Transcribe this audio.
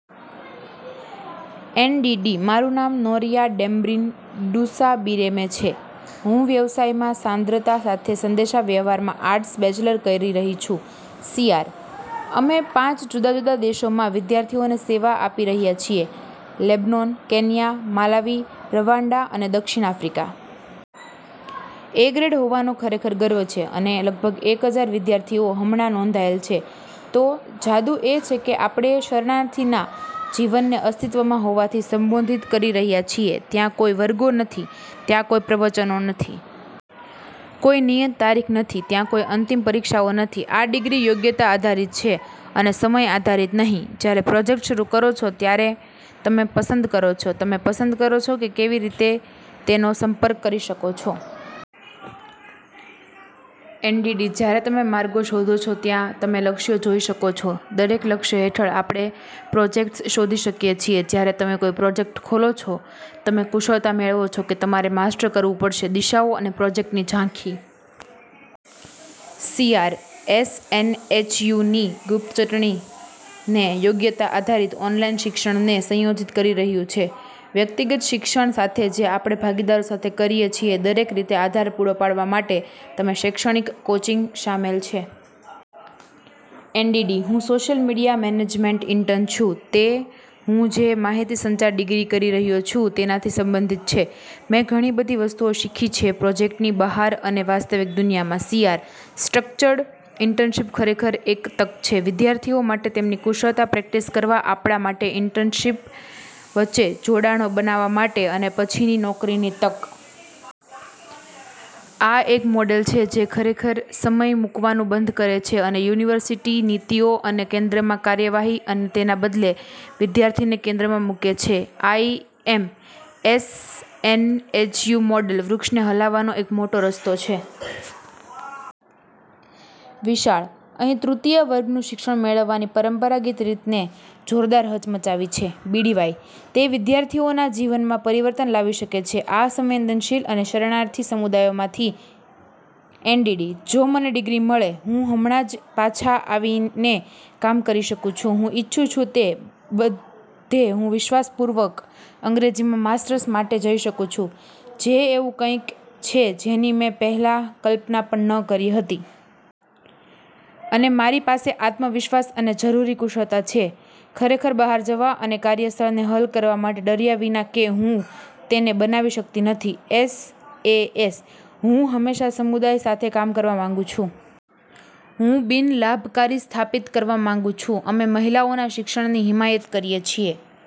NDD: મારું નામ નોરીઆ ડેમ્બ્રીન ડુસાબીરેમે છે. હું વ્યવસાયમાં સાંદ્રતા સાથે સંદેશાવ્યવહારમાં આર્ટસ. બેચલર કરી રહી છું સીઆર: અમે પાંચ જુદા જુદા દેશોમાં વિદ્યાર્થીઓને સેવા આપી રહ્યા છીએ: લેબનોન, કેન્યા, માલાવી, રવાંડા અને દક્ષિણ આફ્રિકા. એ. ગ્રેડ હોવાનો ખરેખર ગર્વ છે અને લગભગ એક હજાર વિદ્યાર્થીઓ હમણાં નોંધાયેલ છે. તો, જાદુ એ છે કે આપણે શરણાર્થીના જીવનને અસ્તિત્વમાં હોવાથી સંબોધિત કરી રહ્યાં છીએ. ત્યાં કોઈ વર્ગો નથી. ત્યાં કોઈ પ્રવચનો નથી. કોઈ નિયત તારીખ નથી. ત્યાં કોઈ અંતિમ પરીક્ષાઓ નથી. આ ડિગ્રી યોગ્યતા આધારિત છે અને સમય-આધારિત નહીં. જ્યારે પ્રોજેક્ટ શરૂ કરો છો ત્યારે તમે પસંદ કરો છો. તમે પસંદ કરો છો કે કેવી રીતે તેનો સંપર્ક કરી શકો છો. એનડીડી: જ્યારે તમે માર્ગો શોધો છો, ત્યાં તમે લક્ષ્યો જોઈ શકો છો. દરેક લક્ષ્ય હેઠળ, આપણે પ્રોજેક્ટ્સ શોધી શકીએ છીએ. જ્યારે તમે કોઈ પ્રોજેક્ટ ખોલો છો, તમે કુશળતા મેળવો છો કે તમારે માસ્ટર કરવું પડશે, દિશાઓ અને પ્રોજેક્ટની ઝાંખી. સીઆર: એસએનએચયુની ગુપ્ત ચટણી તે યોગ્યતા આધારિત ઓનલાઇન શિક્ષણને સંયોજિત કરી રહ્યું છે વ્યક્તિગત શિક્ષણ સાથે જે આપણે ભાગીદારો સાથે કરીએ છીએ દરેક રીતે આધાર પૂરો પાડવા માટે. તેમાં શૈક્ષણિક કોચિંગ શામેલ છે. એનડીડી: હું સોશિયલ મીડિયા મેનેજમેન્ટ ઇન્ટર્ન છું તે હું જે માહિતીસંચાર ડિગ્રી કરી રહ્યો છું તેનાથી સંબંધિત છે. મેં ઘણી બધી વસ્તુઓ શીખી છે પ્રોજેક્ટની બહાર અને વાસ્તવિક દુનિયામાં. સીઆર: સ્ટ્રક્ચર્ડ ઇન્ટર્નશિપ ખરેખર એક તક છે વિદ્યાર્થીઓ માટે તેમની કુશળતા પ્રેક્ટિસ કરવા, આપણા માટે ઇન્ટરશિપ વચ્ચે જોડાણો બનાવવા માટે અને પછીની નોકરીની તક. આ એક મોડેલ છે જે ખરેખર સમય મૂકવાનું બંધ કરે છે અને યુનિવર્સિટી નીતિઓ અને કેન્દ્રમાં કાર્યવાહી અને તેના બદલે વિદ્યાર્થીને કેન્દ્રમાં મૂકે છે. આઇએમ: એસએનએચયુ મોડેલ વૃક્ષને હલાવવાનો એક મોટો રસ્તો છે. વિશાળ. અહીં તૃતીય વર્ગનું શિક્ષણ મેળવવાની પરંપરાગત રીતને જોરદાર હચમચાવી છે. બીડીવાય: તે વિદ્યાર્થીઓના જીવનમાં પરિવર્તન લાવી શકે છે આ સંવેદનશીલ અને શરણાર્થી સમુદાયોમાંથી. એનડીડી: જો મને ડિગ્રી મળે, હું હમણાં જ પાછા આવીને કામ કરી શકું છું હું ઇચ્છું છું તે બધે હું વિશ્વાસપૂર્વક અંગ્રેજીમાં માસ્ટર્સ માટે જઇ શકું છું, જે એવું કંઈક છે જેની મેં પહેલાં કલ્પના પણ ન કરી હતી. અને મારી પાસે આત્મવિશ્વાસ અને જરૂરી કુશળતા છે ખરેખર બહાર જવા અને કાર્યસ્થળને હલ કરવા માટે ડર્યા વિના કે હું તેને બનાવી શકતી નથી. એસએએસ: હું હંમેશા સમુદાય સાથે કામ કરવા માંગુ છું. હું બિન-લાભકારી સ્થાપિત કરવા માંગું છું. અમે મહિલાઓના શિક્ષણની હિમાયત કરીએ છીએ.